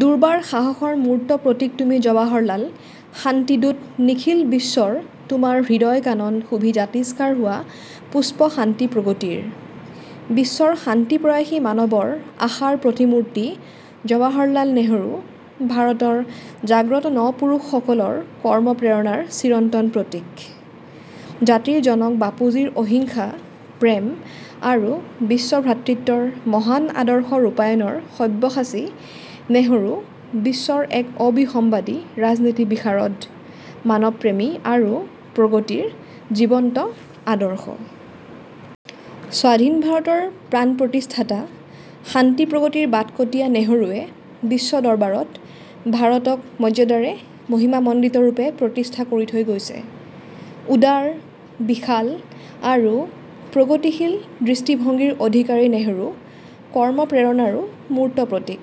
দুৰ্বাৰ সাহসৰ মূৰ্ত প্ৰতীক তুমি জৱাহৰলাল শান্তিদূত নিখিল বিশ্বৰ তোমাৰ হৃদয় কানন শোভি জাতিষ্কাৰ হোৱা পুষ্প শান্তি প্ৰগতিৰ ৷৷ বিশ্বৰ শান্তি-প্ৰয়াসী মানৱৰ আশাৰ প্ৰতিমূৰ্তি জৱাহৰলাল নেহৰু ভাৰতৰ জাগ্ৰত ন-পুৰুষসকলৰ কৰ্মপ্ৰেৰণাৰ চিৰন্তন প্ৰতীক। জাতিৰ জনক বাপুজীৰ অহিংসা, প্ৰেম আৰু বিশ্বভ্ৰাতৃত্বৰ মহান আদৰ্শ ৰূপায়ণৰ সব্যসাচী নেহৰু বিশ্বৰ এক অবিসম্বাদী ৰাজনীতিবিশাৰদ, মানৱ-প্ৰেমী আৰু প্ৰগতিৰ জীৱন্ত আদৰ্শ। স্বাধীন ভাৰতৰ প্ৰাণ প্ৰতিষ্ঠাতা, শান্তি প্ৰগতিৰ বাটকটীয়া নেহৰুৱে বিশ্ব দৰবাৰত ভাৰতক মৰ্যাদাৰে মহিমামণ্ডিতৰূপে প্ৰতিষ্ঠা কৰি থৈ গৈছে। উদাৰ, বিশাল, আৰু প্ৰগতিশীল দৃষ্টিভংগীৰ অধিকাৰী নেহৰু কৰ্মগ্ৰেৰণাৰো মূৰ্ত প্ৰতীক।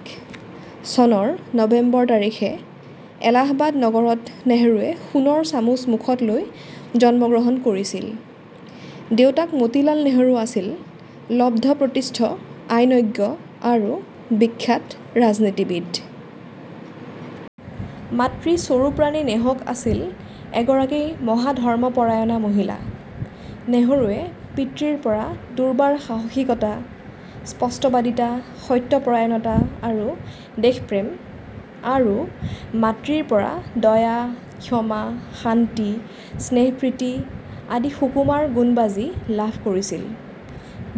চনৰ নৱেম্বৰ তাৰিখে এলাহাবাদ নগৰত নেহৰুৱে সোণৰ চামুচ মুখত লৈ জন্মগ্ৰহণ কৰিছিল৷ দেউতাক মতিলাল নেহৰু আছিল লব্ধ প্ৰতিষ্ঠ আইনজ্ঞ আৰু বিখ্যাত ৰাজনীতিবিদ! মাতৃ স্বৰূপৰাণী নেহক আছিল এগৰাকী মহাধৰ্মপৰায়ণা মহিলা। নেহৰুৱে পিতৃৰপৰা দুৰ্বাৰ সাহসিকতা, স্পষ্টবাদিতা, সত্যপৰায়ণতা আৰু দেশপ্ৰেম; আৰু মাতৃৰপৰা দয়া, ক্ষমা, শান্তি, স্নেহ-প্ৰীতি আদি সুকুমাৰ গুণবাজি লাভ কৰিছিল।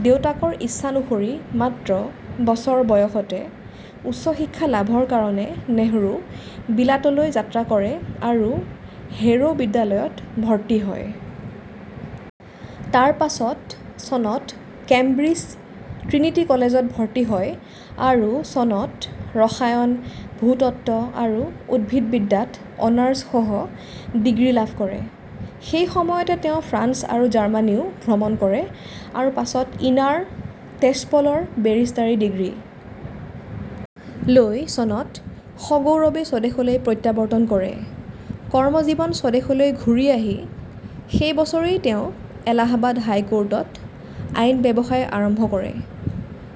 দেউতাকৰ ইচ্ছানুসৰি মাত্ৰ বছৰ বয়সতে উচ্চ শিক্ষা লাভৰ কাৰণে নেহৰু বিলাতলৈ যাত্ৰা কৰে আৰু "হেৰো" বিদ্যালয়ত ভৰ্তি হয়। তাৰ পাছত চনত কেম্ব্ৰিজ "ট্ৰিনিটি" কলেজত ভৰ্তি হয় আৰু চনত ৰসায়ন, ভূ-তত্ত্ব আৰু উদ্ভিদ বিদ্যাত অনাৰ্ছসহ ডিগ্ৰী লাভ কৰে। সেই সময়তে তেওঁ ফ্ৰান্স আৰু জাৰ্মানীও ভ্ৰমণ কৰে আৰু পাছত "ইনাৰ টেস্পল"ৰ বেৰিষ্টাৰী ডিগ্ৰী লৈ চনত সগৌৰৱে স্বদেশলৈ প্ৰত্যাৱৰ্তন কৰে৷ কৰ্মজীৱন স্বদেশলৈ ঘূৰি আহি সেই বছৰেই তেওঁ এলাহাবাদ হাইকোৰ্টত আইন ব্যৱসায় আৰম্ভ কৰে ৷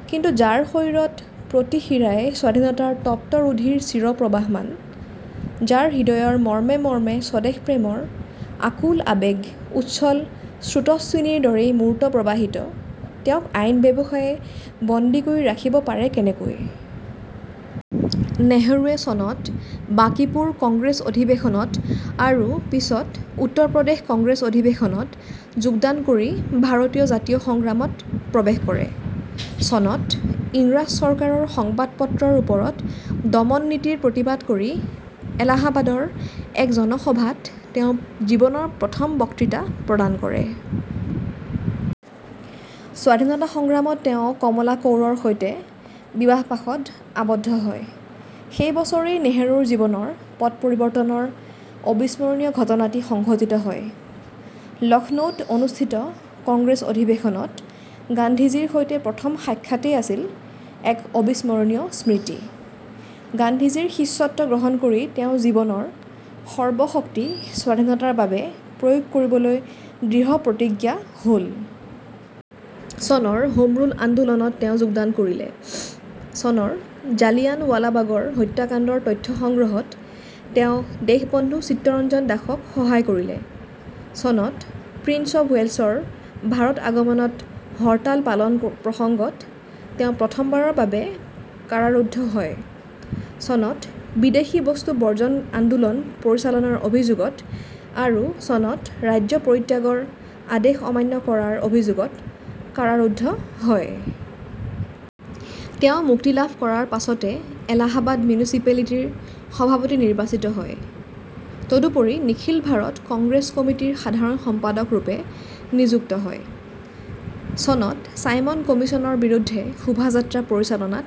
কিন্তু যাৰ শৰীৰৰ প্ৰতি শিৰাই স্বাধীনতাৰ তপ্ত ৰুধিৰ চিৰ প্ৰৱাহমান, যাৰ হৃদয়ৰ মৰ্মে মৰ্মে স্বদেশ প্ৰেমৰ আকুল আৱেগ উচ্ছল স্ৰোতস্বিনীৰ দৰেই মূৰ্ত প্ৰৱাহিত, তেওঁক আইন ব্যৱসায়ে বন্দী কৰি ৰাখিব পাৰে কেনেকৈ? নেহৰুৱে চনত বাঁকীপুৰ কংগ্ৰেছ অধিবেশনত আৰু পিছত উত্তৰ প্ৰদেশ কংগ্ৰেছ অধিৱেশনত যোগদান কৰি ভাৰতীয় জাতীয় সংগ্ৰামত প্ৰৱেশ কৰে। চনত ইংৰাজ চৰকাৰৰ সংবাদপত্ৰৰ ওপৰত দমননীতিৰ প্ৰতিবাদ কৰি এলাহাবাদৰ এক জনসভাত তেওঁ জীৱনৰ প্ৰথম বক্তৃতা প্ৰদান কৰে। স্বাধীনতা সংগ্ৰামত চনত তেওঁ কমলা কউৰৰ সৈতে বিবাহ-পাশত আবদ্ধ হয়। সেই বছৰেই নেহৰুৰ জীৱনৰ পট-পৰিৱৰ্তনৰ অবিস্মৰণীয় ঘটনাটি সংঘটিত হয়। লক্ষ্ণৌত অনুষ্ঠিত কংগ্ৰেছ অধিৱেশনত গান্ধীজীৰ সৈতে প্ৰথম সাক্ষাতেই আছিল এক অবিস্মৰণীয় স্মৃতি। গান্ধীজীৰ শিষ্যত্ব গ্ৰহণ কৰি তেওঁ জীৱনৰ সৰ্বশক্তি স্বাধীনতাৰ বাবে প্ৰয়োগ কৰিবলৈ দৃঢ় প্ৰতিজ্ঞা হ'ল। চনৰ হোমৰুল আন্দোলনত তেওঁ যোগদান কৰিলে। চনৰ জালিয়ানৱালাবাগৰ হত্যাকাণ্ডৰ তথ্য সংগ্ৰহত তেওঁ দেশবন্ধু চিত্তৰঞ্জন দাসক সহায় কৰিলে। চনত প্ৰিন্স অব্ ৱেলছৰ ভাৰত আগমনত হৰতাল পালন প্ৰসংগত তেওঁ প্ৰথমবাৰৰ বাবে কাৰাৰুদ্ধ হয়। চনত বিদেশী বস্তু বৰ্জন আন্দোলন পৰিচালনাৰ অভিযোগত আৰু চনত ৰাজ্য পৰিত্যাগৰ আদেশ অমান্য কৰাৰ অভিযোগত কাৰাৰুদ্ধ হয়। তেওঁ মুক্তি লাভ কৰাৰ পাছতে এলাহাবাদ মিউনিচিপেলিটিৰ সভাপতি নিৰ্বাচিত হয়; তদুপৰি নিখিল ভাৰত কংগ্ৰেছ কমিটীৰ সাধাৰণ সম্পাদকৰূপে নিযুক্ত হয়। চনত ছাইমন কমিছনৰ বিৰুদ্ধে শোভাযাত্ৰা পৰিচালনাত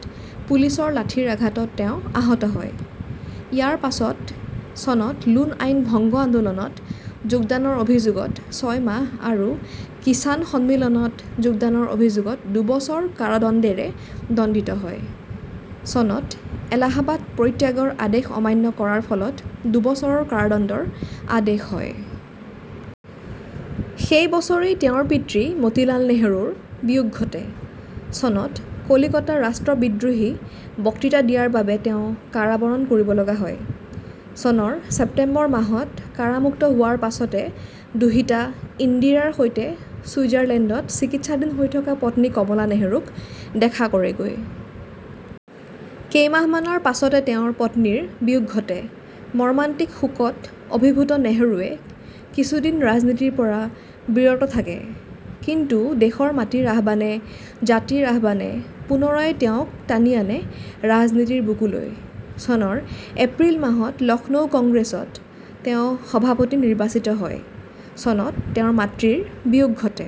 পুলিচৰ লাঠিৰ আঘাতত তেওঁ আহত হয়। ইয়াৰ পাছত চনত লোণ আইন ভংগ আন্দোলনত যোগদানৰ অভিযোগত ছয় মাহ আৰু কিষাণ সন্মিলনত যোগদানৰ অভিযোগত দুবছৰ কাৰাদণ্ডেৰে দণ্ডিত হয়; চনত এলাহাবাদ পৰিত্যাগৰ আদেশ অমান্য কৰাৰ ফলত দুবছৰৰ কাৰাদণ্ডৰ আদেশ হয়। সেই বছৰেই তেওঁৰ পিতৃ মতিলাল নেহৰুৰ বিয়োগ ঘটে। চনত কলিকতা ৰাষ্ট্ৰ বিদ্ৰোহী বক্তৃতা দিয়াৰ বাবে তেওঁ কাৰাবৰণ কৰিব লগা হয়। চনৰ ছেপ্তেম্বৰ মাহত কাৰামুক্ত হোৱাৰ পাছতে দুহিতা ইন্দিৰাৰ সৈতে ছুইজাৰলেণ্ডত চিকিৎসাধীন হৈ থকা পত্নী কমলা নেহৰুক দেখা কৰেগৈ। কেইমাহমানৰ পাছতে তেওঁৰ পত্নীৰ বিয়োগ ঘটে। মৰ্মান্তিক শোকত অভিভূত নেহৰুৱে কিছুদিন ৰাজনীতিৰপৰা বিৰত থাকে। কিন্তু দেশৰ মাটিৰ আহ্বানে, জাতিৰ আহ্বানে পুনৰায় তেওঁক টানি আনে ৰাজনীতিৰ বুকুলৈ; চনৰ এপ্ৰিল মাহত লক্ষ্ণৌ কংগ্ৰেছত তেওঁ সভাপতি নিৰ্বাচিত হয়। চনত তেওঁৰ মাতৃৰ বিয়োগ ঘটে।